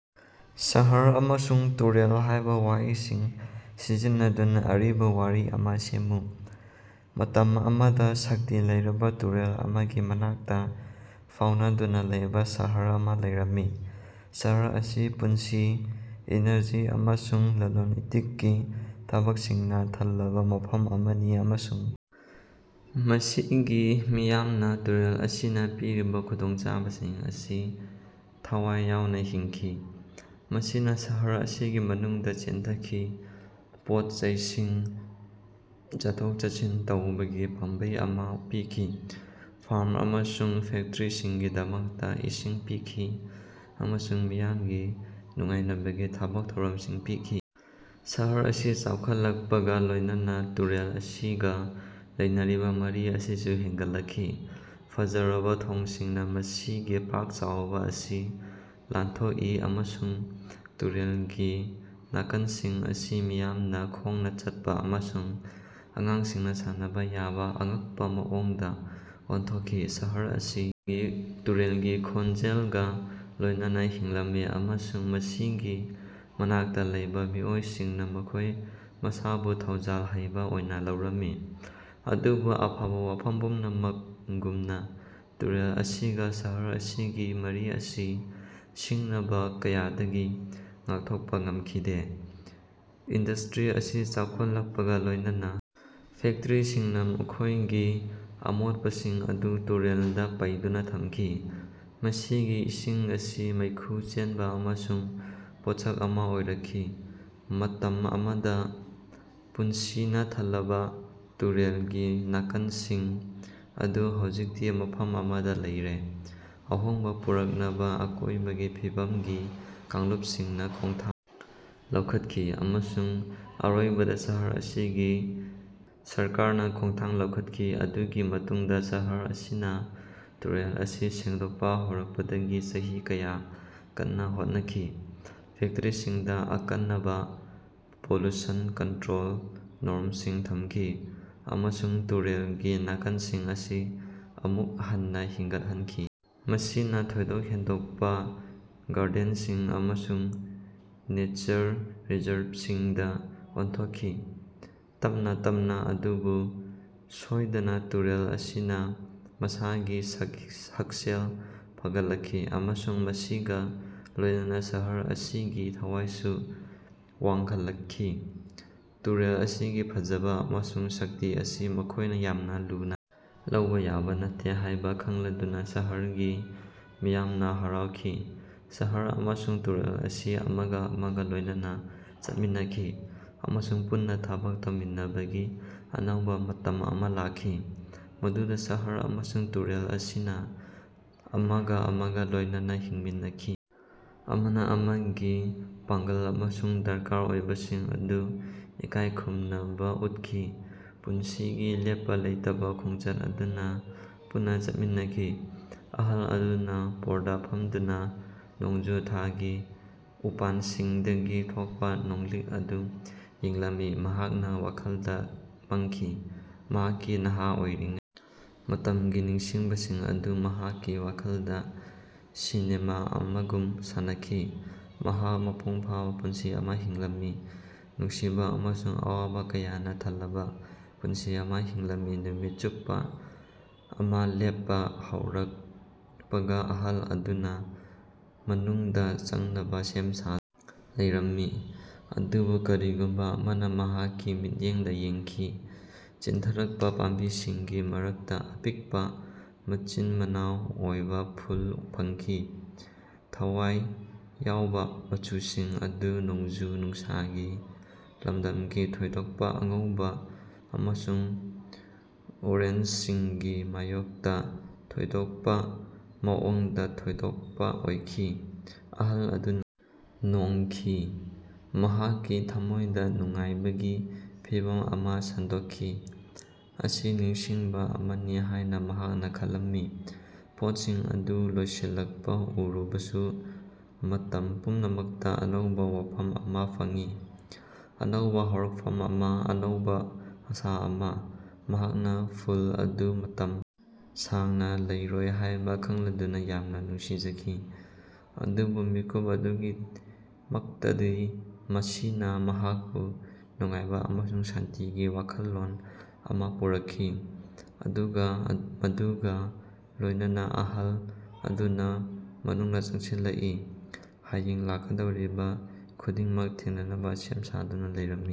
ꯁꯍꯔ' ꯑꯃꯁꯨꯡ 'ꯇꯨꯔꯦꯜ' ꯍꯥꯏꯕ ꯋꯥꯍꯩꯁꯤꯡ ꯁꯤꯖꯤꯟꯅꯗꯨꯅ ꯑꯔꯤꯕ ꯋꯥꯔꯤ ꯑꯃꯥ ꯁꯦꯝꯃꯨ꯫ ꯃꯇꯝ ꯑꯃꯥꯗ ꯁꯛꯇꯤ ꯂꯩꯔꯕ ꯇꯨꯔꯦꯜ ꯑꯃꯥꯒꯤ ꯃꯅꯥꯛꯇ ꯐꯥꯎꯅꯗꯨꯅ ꯂꯩꯕ ꯁꯍꯔ ꯑꯃꯥ ꯂꯩꯔꯝꯃꯤ꯫ ꯁꯍꯔ ꯑꯁꯤ ꯄꯨꯟꯁꯤ, ꯏꯅꯔꯖꯤ ꯑꯃꯁꯨꯡ ꯂꯂꯣꯟ-ꯏꯇꯤꯛꯀꯤ ꯊꯕꯛꯁꯤꯡꯅ ꯊꯜꯂꯕ ꯃꯐꯝ ꯑꯃꯥꯅꯤ ꯑꯃꯁꯨꯡ ꯃꯁꯤꯡꯒꯤ ꯃꯤꯌꯥꯝꯅ ꯇꯨꯔꯦꯜ ꯑꯁꯤꯅ ꯄꯤꯔꯤꯕ ꯈꯨꯗꯣꯡꯆꯥꯕꯁꯤꯡ ꯑꯁꯤ ꯊꯋꯥꯏ ꯌꯥꯎꯅ ꯍꯤꯡꯈꯤ꯫ ꯃꯁꯤꯅ ꯁꯍꯔ ꯑꯁꯤꯒꯤ ꯃꯅꯨꯡꯗ ꯆꯦꯟꯊꯈꯤ, ꯄꯣꯠ-ꯆꯩꯁꯤꯡ, ꯆꯠꯊꯣꯛ-ꯆꯠꯁꯤꯟ ꯇꯧꯕꯒꯤ ꯄꯥꯝꯕꯩ ꯑꯃꯥ ꯄꯤꯈꯤ, ꯐꯥꯔꯝ ꯑꯃꯁꯨꯡ ꯐꯦꯛꯇꯔꯤꯁꯤꯡꯒꯤꯗꯃꯛꯇꯥ ꯏꯁꯤꯡ ꯄꯤꯈꯤ ꯑꯃꯁꯨꯡ ꯃꯤꯌꯥꯝꯒꯤ ꯅꯨꯡꯉꯥꯏꯅꯕꯒꯤ ꯊꯕꯛ ꯊꯧꯔꯝꯁꯤꯡ ꯄꯤꯈꯤ꯫ ꯁꯍꯔ ꯑꯁꯤ ꯆꯥꯎꯈꯠꯂꯛꯄꯒ ꯂꯣꯏꯅꯅꯥ ꯇꯨꯔꯦꯜ ꯑꯁꯤꯒ ꯂꯩꯅꯔꯤꯕ ꯃꯔꯤ ꯑꯁꯤꯁꯨ ꯍꯦꯟꯒꯠꯂꯛꯈꯤ꯫ ꯐꯖꯔꯕ ꯊꯣꯡꯁꯤꯡꯅ ꯃꯁꯤꯒꯤ ꯄꯥꯛ ꯆꯥꯎꯕ ꯑꯁꯤ ꯂꯥꯟꯊꯣꯛꯏ, ꯑꯃꯁꯨꯡ ꯇꯨꯔꯦꯜꯒꯤ ꯅꯥꯀꯟꯁꯤꯡ ꯑꯁꯤ ꯃꯤꯌꯥꯝꯅ ꯈꯣꯡꯅ ꯆꯠꯄ ꯑꯃꯁꯨꯡ ꯑꯉꯥꯡꯁꯤꯡꯅ ꯁꯥꯟꯅꯕ ꯌꯥꯕ ꯑꯉꯛꯄꯥ ꯃꯑꯣꯡꯗ ꯑꯣꯟꯊꯣꯛꯈꯤ꯫ ꯁꯍꯔ ꯑꯁꯤ ꯇꯨꯔꯦꯜꯒꯤ ꯈꯣꯟꯖꯦꯜꯒꯥ ꯂꯣꯏꯅꯅꯥ ꯍꯤꯡꯂꯝꯃꯤ ꯑꯃꯁꯨꯡ ꯃꯁꯤꯒꯤ ꯃꯅꯥꯛꯇ ꯂꯩꯕ ꯃꯤꯑꯣꯏꯁꯤꯡꯅ ꯃꯈꯣꯏ ꯃꯁꯥꯕꯨ ꯊꯧꯖꯥꯜ ꯍꯩꯕ ꯑꯣꯏꯅ ꯂꯧꯔꯝꯃꯤ꯫ ꯑꯗꯨꯕꯨ ꯑꯐꯕ ꯋꯥꯐꯝ ꯄꯨꯝꯅꯃꯛꯒꯨꯝꯅ ꯇꯨꯔꯦꯜ ꯑꯁꯤꯒ ꯁꯍꯔ ꯑꯁꯤꯒꯤ ꯃꯔꯤ ꯑꯁꯤ ꯁꯤꯡꯅꯕꯥ ꯀꯌꯥꯗꯒꯤ ꯉꯥꯛꯊꯣꯛꯄꯥ ꯉꯝꯈꯤꯗꯦ꯫ ꯏꯟꯗꯁ꯭ꯠꯔꯤ ꯑꯁꯤ ꯆꯥꯎꯈꯠꯂꯛꯄꯒ ꯂꯣꯏꯅꯅꯥ ꯐꯦꯛꯇꯔꯤꯁꯤꯡꯅ ꯃꯈꯣꯏꯒꯤ ꯑꯃꯣꯠꯄꯁꯤꯡ ꯑꯗꯨ ꯇꯨꯔꯦꯜꯗ ꯄꯩꯗꯨꯅꯥ ꯊꯝꯈꯤ, ꯃꯁꯤꯒꯤ ꯏꯁꯤꯡ ꯑꯁꯤ ꯃꯩꯈꯨ ꯆꯦꯟꯕ ꯑꯃꯁꯨꯡ ꯄꯣꯠꯁꯛ ꯑꯃꯥ ꯑꯣꯏꯔꯛꯈꯤ꯫ ꯃꯇꯝ ꯑꯃꯗꯥ ꯄꯨꯟꯁꯤꯅꯥ ꯊꯜꯂꯕ ꯇꯨꯔꯦꯜꯒꯤ ꯅꯥꯀꯟꯁꯤꯡ ꯑꯗꯨ ꯍꯧꯖꯤꯛꯇꯤ ꯃꯐꯝ ꯑꯃꯗꯥ ꯂꯩꯔꯦ꯫ ꯑꯍꯣꯡꯕ ꯄꯨꯔꯛꯅꯕ ꯑꯀꯣꯏꯕꯒꯤ ꯐꯤꯕꯝꯒꯤ ꯀꯥꯡꯂꯨꯞꯁꯤꯡꯅ ꯈꯣꯡꯊꯥꯡ ꯂꯧꯈꯠꯈꯤ, ꯑꯃꯁꯨꯡ ꯑꯔꯣꯏꯕꯗꯥ ꯁꯍꯔ ꯑꯁꯤꯒꯤ ꯁꯔꯀꯥꯔꯅꯥ ꯈꯣꯡꯊꯥꯡ ꯂꯧꯈꯠꯈꯤ ꯑꯗꯨꯒꯤ ꯃꯇꯨꯡꯗꯥ ꯁꯍꯔ ꯑꯁꯤꯅꯥ ꯇꯨꯔꯦꯜ ꯑꯁꯤ ꯁꯦꯡꯗꯣꯛꯄꯥ ꯍꯧꯔꯛꯄꯗꯒꯤ ꯆꯍꯤ ꯀꯌꯥ ꯀꯟꯅꯥ ꯍꯣꯠꯅꯈꯤ꯫ ꯐꯦꯛꯇꯔꯤꯁꯤꯡꯗ ꯑꯀꯟꯅꯕꯥ ꯄꯣꯂꯨꯁꯟ ꯀꯟꯇꯔꯣꯜ ꯅꯣꯔꯁꯤꯡ ꯊꯝꯈꯤ, ꯑꯃꯁꯨꯡ ꯇꯨꯔꯦꯜꯒꯤ ꯅꯥꯀꯟꯁꯤꯡ ꯑꯁꯤ ꯑꯃꯨꯛ ꯍꯟꯅꯥ ꯍꯤꯡꯒꯠꯍꯟꯈꯤ꯫ ꯃꯁꯤꯅꯥ ꯊꯣꯏꯗꯣꯛ ꯍꯦꯟꯗꯣꯛꯄꯥ ꯒꯥꯔꯗꯦꯅꯁꯤꯡ ꯑꯃꯁꯨꯡ ꯅꯦꯆꯔ ꯔꯤꯖꯔꯚꯔꯁꯤꯡꯗꯥ ꯑꯣꯟꯊꯣꯛꯈꯤ꯫ ꯇꯞꯅꯥ ꯇꯞꯅꯥ, ꯑꯗꯨꯕꯨ ꯁꯣꯏꯗꯅꯥ ꯇꯨꯔꯦꯜ ꯑꯁꯤꯅꯥ ꯃꯁꯥꯒꯤ ꯍꯛꯁꯦꯜ ꯐꯒꯠꯂꯛꯈꯤ, ꯑꯃꯁꯨꯡ ꯃꯁꯤꯒꯥ ꯂꯣꯏꯅꯅꯥ ꯁꯍꯔ ꯑꯁꯤꯒꯤ ꯊꯋꯥꯏꯁꯨ ꯋꯥꯡꯈꯠꯂꯛꯈꯤ꯫ ꯇꯨꯔꯦꯜ ꯑꯁꯤꯒꯤ ꯐꯖꯕ ꯑꯃꯁꯨꯡ ꯁꯛꯇꯤ ꯑꯁꯤ ꯃꯈꯣꯏꯅꯥ ꯌꯥꯝꯅ ꯂꯨꯅ ꯂꯧꯕ ꯌꯥꯕ ꯅꯠꯇꯦ ꯍꯥꯏꯕ ꯈꯪꯂꯗꯨꯅꯥ ꯁꯍꯔꯒꯤ ꯃꯤꯌꯥꯝꯅꯥ ꯍꯥꯔꯥꯎꯈꯤ꯫ ꯁꯍꯔ ꯑꯃꯁꯨꯡ ꯇꯨꯔꯦꯜ ꯑꯁꯤ ꯑꯃꯒꯥ ꯑꯃꯒꯥ ꯂꯣꯏꯅꯅꯥ ꯆꯠꯃꯤꯟꯅꯈꯤ, ꯑꯃꯁꯨꯡ ꯄꯨꯟꯅꯥ ꯊꯕꯛ ꯇꯧꯃꯤꯟꯅꯕꯒꯤ ꯑꯅꯧꯕꯥ ꯃꯇꯝ ꯑꯃꯥ ꯂꯥꯛꯈꯤ, ꯃꯗꯨꯗꯥ ꯁꯍꯔ ꯑꯃꯁꯨꯡ ꯇꯨꯔꯦꯜ ꯑꯁꯤꯅ ꯑꯃꯒꯥ ꯑꯃꯒꯥ ꯂꯣꯏꯅꯅꯥ ꯍꯤꯡꯃꯤꯟꯅꯈꯤ, ꯑꯃꯥꯅ ꯑꯃꯥꯒꯤ ꯄꯥꯡꯒ꯭ꯜ ꯑꯃꯁꯨꯡ ꯗꯔꯀꯥꯔ ꯑꯣꯏꯕꯁꯤꯡ ꯑꯗꯨ ꯏꯀꯥꯏꯈꯨꯝꯅꯕ ꯎꯠꯈꯤ, ꯄꯨꯟꯁꯤꯒꯤ ꯂꯦꯞꯄꯥ ꯂꯩꯇꯕꯥ ꯈꯣꯡꯆꯠ ꯑꯗꯨꯅꯥ ꯄꯨꯟꯅꯥ ꯆꯠꯃꯤꯟꯅꯈꯤ꯫ ꯑꯍꯜ ꯑꯗꯨꯅꯥ ꯄꯣꯔꯗꯥ ꯐꯝꯗꯨꯅꯥ ꯅꯣꯡꯖꯨ ꯊꯥꯒꯤ ꯎꯄꯥꯟꯁꯤꯡꯗꯒꯤ ꯊꯣꯛꯄꯥ ꯅꯣꯡꯂꯤꯛ ꯑꯗꯨ ꯌꯦꯡꯂꯝꯃꯤ꯫ ꯃꯍꯥꯛꯅꯥ ꯋꯥꯈꯜꯗꯥ ꯃꯪꯈꯤ, ꯃꯍꯥꯛꯀꯤ ꯅꯍꯥ ꯑꯣꯏꯔꯤꯉꯩ ꯃꯇꯝꯒꯤ ꯅꯤꯡꯁꯤꯡꯕꯁꯤꯡ ꯑꯗꯨ ꯃꯍꯥꯛꯀꯤ ꯋꯥꯈꯜꯗꯥ ꯁꯤꯅꯦꯃꯥ ꯑꯃꯒꯨꯝ ꯁꯥꯟꯅꯈꯤ꯫ ꯃꯍꯥꯛ ꯃꯄꯨꯡ ꯐꯥꯕꯥ ꯄꯨꯟꯁꯤ ꯑꯃꯥ ꯍꯤꯡꯂꯝꯃꯤ, ꯅꯨꯡꯁꯤꯕꯥ ꯑꯃꯁꯨꯡ ꯑꯋꯥꯕꯥ ꯀꯌꯥꯅꯥ ꯊꯜꯂꯕꯥ ꯄꯨꯟꯁꯤ ꯑꯃꯥ ꯍꯤꯡꯂꯝꯃꯤ꯫ ꯅꯨꯃꯤꯠ ꯆꯨꯞꯄꯥ ꯑꯃꯥ ꯂꯦꯞꯄꯥ ꯍꯧꯔꯛꯄꯒ ꯑꯍꯜ ꯑꯗꯨꯅꯥ ꯃꯅꯨꯡꯗꯥ ꯆꯪꯅꯕꯥ ꯁꯦꯝ ꯁꯥꯗꯨꯅꯥ ꯂꯩꯔꯝꯃꯤ꯫ ꯑꯗꯨꯕꯨ ꯀꯔꯤꯒꯨꯝꯕꯥ ꯑꯃꯅꯥ ꯃꯍꯥꯛꯀꯤ ꯃꯤꯠꯌꯦꯡꯗꯥ ꯌꯦꯡꯈꯤ꯫ ꯆꯦꯟꯊꯔꯛꯄꯥ ꯄꯥꯝꯕꯤꯁꯤꯡꯒꯤ ꯃꯔꯛꯇꯥ ꯑꯄꯤꯛꯄꯥ, ꯃꯆꯤꯟ-ꯃꯅꯥꯑꯣ ꯑꯣꯏꯕ ꯐꯨꯜ ꯐꯪꯈꯤ꯫ ꯊꯋꯥꯏ ꯌꯥꯑꯣꯕꯥ ꯃꯆꯨꯁꯤꯡ ꯑꯗꯨ ꯅꯣꯡꯖꯨ ꯅꯨꯡꯁꯥꯒꯤ ꯂꯝꯗꯝꯒꯤ ꯊꯣꯏꯗꯣꯛꯄꯥ ꯑꯉꯧꯕꯥ ꯑꯃꯁꯨꯡ ꯑꯣꯔꯦꯟꯖꯁꯤꯡꯒꯤ ꯃꯥꯌꯣꯛꯇꯥ ꯊꯣꯏꯗꯣꯛꯄꯥ ꯃꯑꯣꯡꯗꯥ ꯊꯣꯏꯗꯣꯛꯄꯥ ꯑꯣꯏꯈꯤ꯫ ꯑꯍꯜ ꯑꯗꯨꯅꯥ ꯅꯣꯛꯈꯤ, ꯃꯍꯥꯛꯀꯤ ꯊꯝꯃꯣꯏꯗꯥ ꯅꯨꯡꯉꯥꯏꯕꯒꯤ ꯐꯤꯚꯝ ꯑꯃꯥ ꯁꯟꯗꯣꯛꯈꯤ꯫ ꯑꯁꯤ ꯅꯤꯡꯁꯤꯡꯕꯥ ꯑꯃꯅꯤ ꯍꯥꯏꯅꯥ ꯃꯍꯥꯛꯅꯥ ꯈꯜꯂꯝꯃꯤ, ꯄꯣꯠꯁꯤꯡ ꯑꯗꯨ ꯂꯣꯏꯁꯤꯜꯂꯛꯄꯥ ꯎꯔꯕꯁꯨ ꯃꯇꯝ ꯄꯨꯝꯅꯃꯛꯇꯥ ꯑꯅꯧꯕꯥ ꯋꯥꯐꯝ ꯑꯃꯥ ꯐꯪꯏ꯫ ꯑꯅꯧꯕꯥ ꯍꯧꯔꯛꯐꯝ ꯑꯃꯥ, ꯑꯅꯧꯕꯥ ꯑꯥꯁꯥ ꯑꯃꯥ꯫ ꯃꯍꯥꯛꯅꯥ ꯐꯨꯜ ꯑꯗꯨ ꯃꯇꯝ ꯁꯥꯡꯅꯥ ꯂꯩꯔꯣꯏ ꯍꯥꯏꯕꯥ ꯈꯪꯂꯗꯨꯅꯥ ꯌꯥꯝꯅꯥ ꯅꯨꯡꯁꯤꯖꯈꯤ꯫ ꯑꯗꯨꯕꯨ ꯃꯤꯀꯨꯞ ꯑꯗꯨꯒꯤꯃꯛꯇꯗꯤ ꯃꯁꯤꯅꯥ ꯃꯍꯥꯛꯄꯨ ꯅꯨꯡꯉꯥꯏꯕ ꯑꯃꯁꯨꯡ ꯁꯥꯟꯇꯤꯒꯤ ꯋꯥꯈꯜꯂꯣꯟ ꯑꯃꯥ ꯄꯨꯔꯛꯈꯤ꯫ ꯑꯗꯨꯒꯥ ꯃꯗꯨꯒꯥ ꯂꯣꯏꯅꯅꯥ ꯑꯍꯜ ꯑꯗꯨꯅꯥ ꯃꯅꯨꯡꯗꯥ ꯆꯪꯁꯤꯜꯂꯛꯏ, ꯍꯌꯦꯡ ꯂꯥꯛꯀꯗꯧꯔꯤꯕꯥ ꯈꯨꯗꯤꯡꯃꯛ ꯊꯦꯡꯅꯅꯕꯥ ꯁꯦꯝ ꯁꯥꯗꯨꯅꯥ ꯂꯩꯔꯝꯃꯤ꯫